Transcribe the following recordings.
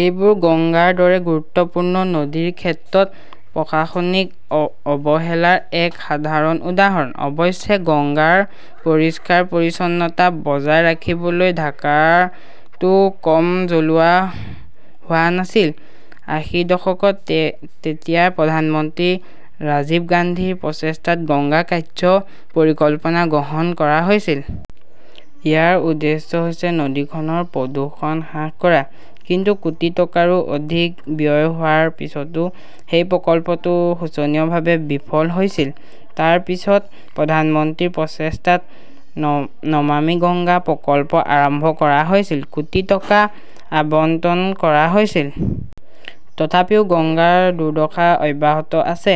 এইবোৰ গংগাৰ দৰে গুৰুত্বপূৰ্ণ নদীৰ ক্ষেত্ৰত প্ৰশাসনিক অৱহেলাৰ এক সাধাৰণ উদাহৰণ। অৱশ্যে, গংগাৰ পৰিষ্কাৰ-পৰিচ্ছন্নতা বজাই ৰাখিবলৈ ঢাকৰটো কম জ্বলোৱা হোৱা নাছিল। আশী দশকত তেতিয়াৰ প্ৰধানমন্ত্ৰী ৰাজীৱ গান্ধীৰ প্ৰচেষ্টাত গংগা কাৰ্য্য পৰিকল্পনা গ্ৰহণ কৰা হৈছিল। ইয়াৰ উদ্দেশ্য হৈছে নদীখনৰ প্ৰদূষণ হ্ৰাস কৰা। কিন্তু কোটি টকাৰো অধিক ব্যয় হোৱাৰ পিছতো সেই প্ৰকল্পটো শোচনীয়ভাৱে বিফল হৈছিল। তাৰ পিছত প্ৰধানমন্ত্ৰীৰ প্ৰচেষ্টাত 'নমামী গংগা' প্ৰকল্প আৰম্ভ কৰা হৈছিল। কোটি টকা আবণ্টন কৰা হৈছিল। তথাপিও গংগাৰ দুৰ্দশা অব্যাহত আছে।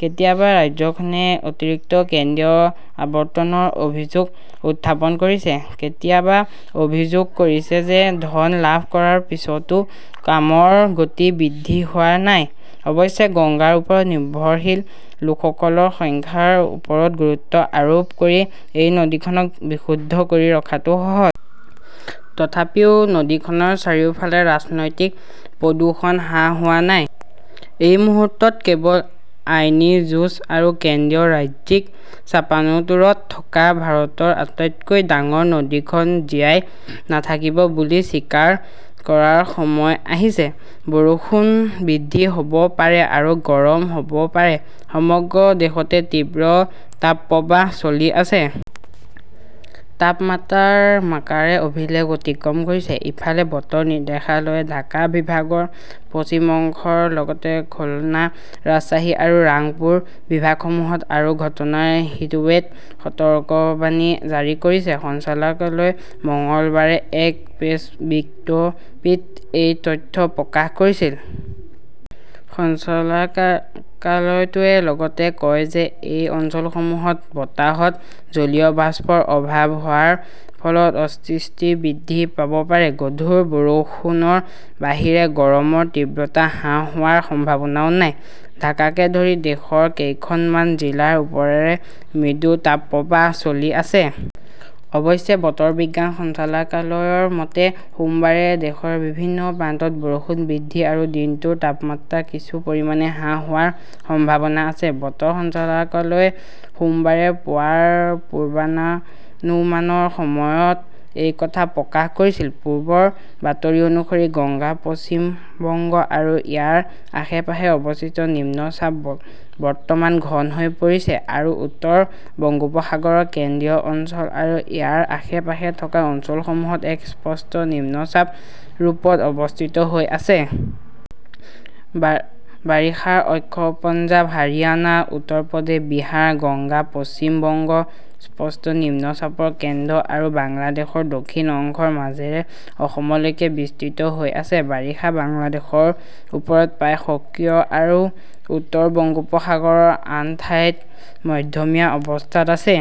কেতিয়াবা ৰাজ্যখনে অতিৰিক্ত কেন্দ্ৰীয় আবণ্টনৰ অভিযোগ উত্থাপন কৰিছে, কেতিয়াবা অভিযোগ কৰিছে যে ধন লাভ কৰাৰ পিছতো কামৰ গতি বৃদ্ধি হোৱা নাই। অৱশ্যে, গংগাৰ ওপৰত নিৰ্ভৰশীল লোকসকলৰ সংখ্যাৰ ওপৰত গুৰুত্ব আৰোপ কৰি এই নদীখনক বিশুদ্ধ কৰি ৰখাটো সহজ। তথাপিও নদীখনৰ চাৰিওফালে ৰাজনৈতিক প্ৰদূষণ হ্ৰাস হোৱা নাই। এই মুহূৰ্তত কেৱল আইনী যুঁজ আৰু কেন্দ্ৰীয়-ৰাজ্যিক চাপানউটোৰত থকা ভাৰতৰ আটাইতকৈ ডাঙৰ নদীখন জীয়াই নাথাকিব বুলি স্বীকাৰ কৰাৰ সময় আহিছে। বৰষুণ বৃদ্ধি হ'ব পাৰে আৰু গৰম হ'ব পাৰে সমগ্ৰ দেশতে তীব্ৰ তাপপ্ৰৱাহ চলি আছে। তাপমাত্ৰাৰ মাৰ্কাৰে অভিলেখ অতিক্ৰম কৰিছে। ইফালে, বতৰ নিৰ্দেশালয়ে ঢাকা বিভাগৰ পশ্চিম অংশৰ লগতে খুলনা, ৰাজশ্বাহী আৰু ৰাংপুৰ বিভাগসমূহত আৰু ঘণ্টাৰ হিটৱেভ সতৰ্কবাণী জাৰি কৰিছে। সঞ্চালকালয়ে মঙলবাৰে এক প্ৰেছ বিজ্ঞপ্তিত এই তথ্য প্ৰকাশ কৰিছিল। সঞ্চালকালয়টোৱে লগতে কয় যে এই অঞ্চলসমূহত বতাহত জলীয় বাষ্পৰ অভাৱ হোৱাৰ ফলত অস্বস্তি বৃদ্ধি পাব পাৰে। গধুৰ বৰষুণৰ বাহিৰে গৰমৰ তীব্ৰতা হ্ৰাস হোৱাৰ সম্ভাৱনাও নাই। ঢাকাকে ধৰি দেশৰ কেইখনমান জিলাৰ ওপৰেৰে মৃদু তাপপ্ৰৱাহ চলি আছে। অৱশ্যে বতৰ বিজ্ঞান সঞ্চালকালয়ৰ মতে, সোমবাৰে দেশৰ বিভিন্ন প্ৰান্তত বৰষুণ বৃদ্ধি আৰু দিনটোৰ তাপমাত্ৰা কিছু পৰিমাণে হ্ৰাস হোৱাৰ সম্ভাৱনা আছে। বতৰ সঞ্চালকালয়ই সোমবাৰে পুৱাৰ পূৰ্বানুমানৰ সময়ত এই কথা প্ৰকাশ কৰিছিল। পূৰ্বৰ বাতৰি অনুসৰি, গংগা পশ্চিম বংগ আৰু ইয়াৰ আশে-পাশে অৱস্থিত নিম্নচাপ বৰ্তমান ঘন হৈ পৰিছে আৰু উত্তৰ বংগোপসাগৰৰ কেন্দ্ৰীয় অঞ্চল আৰু ইয়াৰ আশে-পাশে থকা অঞ্চলসমূহত এক স্পষ্ট নিম্নচাপ ৰূপত অৱস্থিত হৈ আছে। বাৰিষাৰ অক্ষ পঞ্জাৱ, হাৰিয়ানা, উত্তৰ প্ৰদেশ, বিহাৰ, গংগা পশ্চিম বংগ, স্পষ্ট নিম্নচাপৰ কেন্দ্ৰ আৰু বাংলাদেশৰ দক্ষিণ অংশৰ মাজেৰে অসমলৈকে বিস্তৃত হৈ আছে। বাৰিষা বাংলাদেশৰ ওপৰত প্ৰায় সক্ৰিয় আৰু উত্তৰ বংগোপসাগৰৰ আন ঠাইত মধ্যমীয়া অৱস্থাত আছে।